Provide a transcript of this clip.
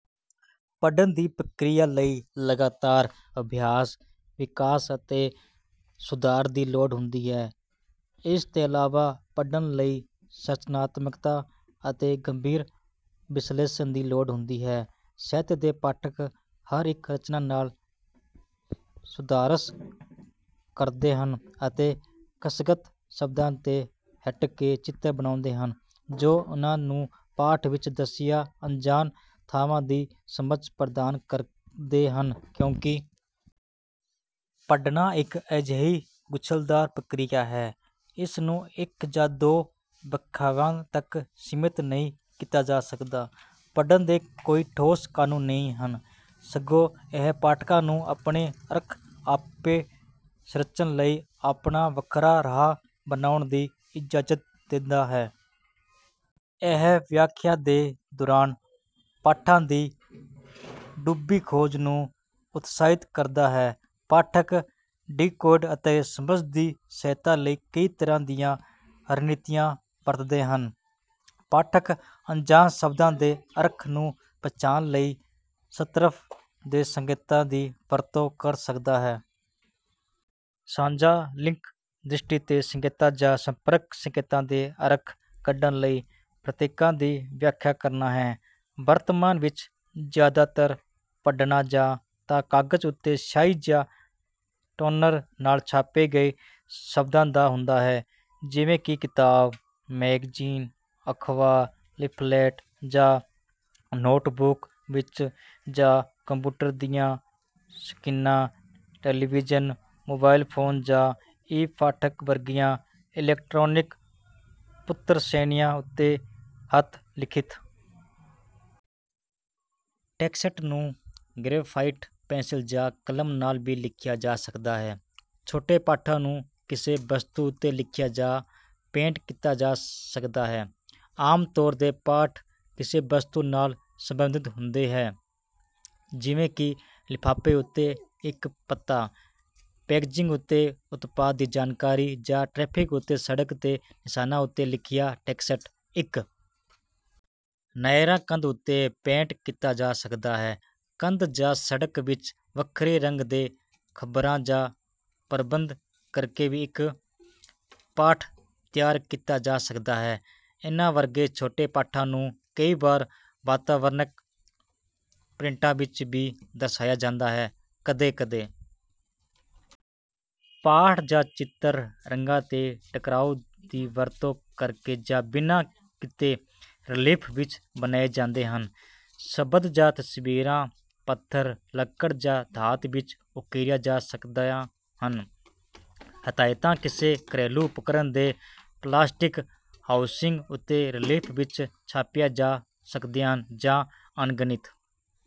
ਪੜ੍ਹਨ ਦੀ ਪ੍ਰਕਿਰਿਆ ਲਈ ਲਗਾਤਾਰ ਅਭਿਆਸ, ਵਿਕਾਸ ਅਤੇ ਸੁਧਾਰ ਦੀ ਲੋੜ ਹੁੰਦੀ ਹੈ। ਇਸ ਦੇ ਇਲਾਵਾ, ਪੜ੍ਹਨ ਲਈ ਸਿਰਜਣਾਤਮਕਤਾ ਅਤੇ ਗੰਭੀਰ ਵਿਸ਼ਲੇਸ਼ਣ ਦੀ ਲੋੜ ਹੁੰਦੀ ਹੈ। ਸਾਹਿਤ ਦੇ ਪਾਠਕ ਹਰ ਇੱਕ ਰਚਨਾ ਨਾਲ ਸੰਘਰਸ਼ ਕਰਦੇ ਹਨ ਅਤੇ ਕੋਸ਼ਗਤ ਸ਼ਬਦਾਂ ਤੋਂ ਹਟ ਕੇ ਚਿੱਤਰ ਬਣਾਉਂਦੇ ਹਨ, ਜੋ ਉਨ੍ਹਾਂ ਨੂੰ ਪਾਠ ਵਿੱਚ ਦੱਸੀਆਂ ਅਣਜਾਣ ਥਾਵਾਂ ਦੀ ਸਮਝ ਪ੍ਰਦਾਨ ਕਰਦੇ ਹਨ। ਕਿਉਂਕਿ ਪੜ੍ਹਨਾ ਇੱਕ ਅਜਿਹੀ ਗੁੰਝਲਦਾਰ ਪ੍ਰਕਿਰਿਆ ਹੈ, ਇਸ ਨੂੰ ਇੱਕ ਜਾਂ ਦੋ ਵਿਆਖਿਆਵਾਂ ਤੱਕ ਸੀਮਤ ਨਹੀਂ ਕੀਤਾ ਜਾ ਸਕਦਾ। ਪੜ੍ਹਨ ਦੇ ਕੋਈ ਠੋਸ ਕਾਨੂੰਨ ਨਹੀਂ ਹਨ, ਸਗੋਂ ਇਹ ਪਾਠਕਾਂ ਨੂੰ ਆਪਣੇ ਅਰਥ ਆਪ ਸਿਰਜਣ ਲਈ ਆਪਣਾ ਵੱਖਰਾ ਰਾਹ ਬਣਾਉਣ ਦੀ ਇਜਾਜ਼ਤ ਦਿੰਦਾ ਹੈ। ਇਹ ਵਿਆਖਿਆ ਦੇ ਦੌਰਾਨ ਪਾਠਾਂ ਦੀ ਡੂੰਘੀ ਖੋਜ ਨੂੰ ਉਤਸ਼ਾਹਿਤ ਕਰਦਾ ਹੈ। ਪਾਠਕ ਡੀਕੋਡਿੰਗ ਅਤੇ ਸਮਝ ਦੀ ਸਹਾਇਤਾ ਲਈ ਕਈ ਤਰ੍ਹਾਂ ਦੀਆਂ ਰਣਨੀਤੀਆਂ ਵਰਤਦੇ ਹਨ। ਪਾਠਕ ਅਣਜਾਣ ਸ਼ਬਦਾਂ ਦੇ ਅਰਥ ਨੂੰ ਪਛਾਣਨ ਲਈ ਸੰਦਰਭ ਦੇ ਸੰਕੇਤਾਂ ਦੀ ਵਰਤੋਂ ਕਰ ਸਕਦੇ ਹਨ। ਸਾਂਝਾ ਲਿੰਕ ਦ੍ਰਿਸ਼ਟੀ ਦੇ ਸੰਕੇਤਾਂ ਜਾਂ ਸੰਪਰਕ ਸੰਕੇਤਾਂ ਤੋਂ ਅਰਥ ਕੱਢਣ ਲਈ ਪ੍ਰਤੀਕਾਂ ਦੀ ਵਿਆਖਿਆ ਕਰਨਾ ਹੈ। ਵਰਤਮਾਨ ਵਿੱਚ ਜ਼ਿਆਦਾਤਰ ਪੜ੍ਹਨਾ ਜਾਂ ਤਾਂ ਕਾਗਜ਼ ਉੱਤੇ ਸਿਆਹੀ ਜਾਂ ਟੋਨਰ ਨਾਲ ਛਾਪੇ ਗਏ ਸ਼ਬਦਾਂ ਦਾ ਹੁੰਦਾ ਹੈ, ਜਿਵੇਂ ਕਿ ਕਿਤਾਬ, ਮੈਗਜ਼ੀਨ, ਅਖ਼ਬਾਰ, ਲੀਫ਼ਲੈਟ ਜਾਂ ਨੋਟਬੁੱਕ ਵਿੱਚ, ਜਾਂ ਕੰਪਿਊਟਰ ਦੀਆਂ ਸਕ੍ਰੀਨਾਂ, ਟੈਲੀਵਿਜ਼ਨ, ਮੋਬਾਈਲ ਫ਼ੋਨ ਜਾਂ ਈ-ਪਾਠਕ ਵਰਗੀਆਂ ਇਲੈਕਟ੍ਰਾਨਿਕ ਪ੍ਰਦਰਸ਼ਨੀਆਂ ਉੱਤੇ। ਹੱਥ-ਲਿਖਤ ਟੈਕਸਟ ਨੂੰ ਗ੍ਰੈਫਾਈਟ ਪੈਨਸਿਲ ਜਾਂ ਕਲਮ ਨਾਲ ਵੀ ਲਿਖਿਆ ਜਾ ਸਕਦਾ ਹੈ। ਛੋਟੇ ਪਾਠਾਂ ਨੂੰ ਕਿਸੇ ਵਸਤੂ ਉੱਤੇ ਲਿਖਿਆ ਜਾਂ ਪੇਂਟ ਕੀਤਾ ਜਾ ਸਕਦਾ ਹੈ। ਆਮ ਤੌਰ ’ਤੇ ਪਾਠ ਕਿਸੇ ਵਸਤੂ ਨਾਲ ਸਬੰਧਤ ਹੁੰਦਾ ਹੈ, ਜਿਵੇਂ ਕਿ ਲਿਫ਼ਾਫ਼ੇ ਉੱਤੇ ਇੱਕ ਪਤਾ, ਪੈਕੇਜਿੰਗ ਉੱਤੇ ਉਤਪਾਦ ਦੀ ਜਾਣਕਾਰੀ, ਜਾਂ ਟ੍ਰੈਫ਼ਿਕ ਅਤੇ ਸੜਕ ਦੇ ਨਿਸ਼ਾਨਾਂ ਉੱਤੇ ਲਿਖਿਆ ਟੈਕਸਟ। ਇੱਕ ਨਾਅਰਾ ਕੰਧ ਉੱਤੇ ਪੇਂਟ ਕੀਤਾ ਜਾ ਸਕਦਾ ਹੈ। ਕੰਧ ਜਾਂ ਸੜਕ ਵਿੱਚ ਵੱਖਰੇ ਰੰਗ ਦੇ ਖਪਰਾਂ ਦਾ ਪ੍ਰਬੰਧ ਕਰਕੇ ਵੀ ਇੱਕ ਪਾਠ ਤਿਆਰ ਕੀਤਾ ਜਾ ਸਕਦਾ ਹੈ। ਇਹਨਾਂ ਵਰਗੇ ਛੋਟੇ ਪਾਠਾਂ ਨੂੰ ਕਈ ਵਾਰ ਵਾਤਾਵਰਣਕ ਪ੍ਰਿੰਟਾਂ ਵਿੱਚ ਵੀ ਦਰਸਾਇਆ ਜਾਂਦਾ ਹੈ। ਕਦੇ-ਕਦੇ ਪਾਠ ਜਾਂ ਚਿੱਤਰ ਰੰਗਾਂ ਦੇ ਟਕਰਾਅ ਦੀ ਵਰਤੋਂ ਕਰਕੇ ਜਾਂ ਬਿਨਾਂ ਕੀਤੇ, ਰਿਲੀਫ਼ ਵਿੱਚ ਬਣਾਏ ਜਾਂਦੇ ਹਨ। ਸ਼ਬਦ ਜਾਂ ਤਸਵੀਰਾਂ ਪੱਥਰ, ਲੱਕੜ ਜਾਂ ਧਾਤ ਵਿੱਚ ਉੱਕਰੀਆਂ ਜਾ ਸਕਦੀਆਂ ਹਨ। ਹਦਾਇਤਾਂ ਕਿਸੇ ਘਰੇਲੂ ਉਪਕਰਣ ਦੇ ਪਲਾਸਟਿਕ ਹਾਊਸਿੰਗ ਉੱਤੇ ਰਿਲੀਫ਼ ਵਿੱਚ ਛਾਪੀਆਂ ਜਾ ਸਕਦੀਆਂ ਹਨ। ਜਾਂ ਅਣਗਿਣਤ...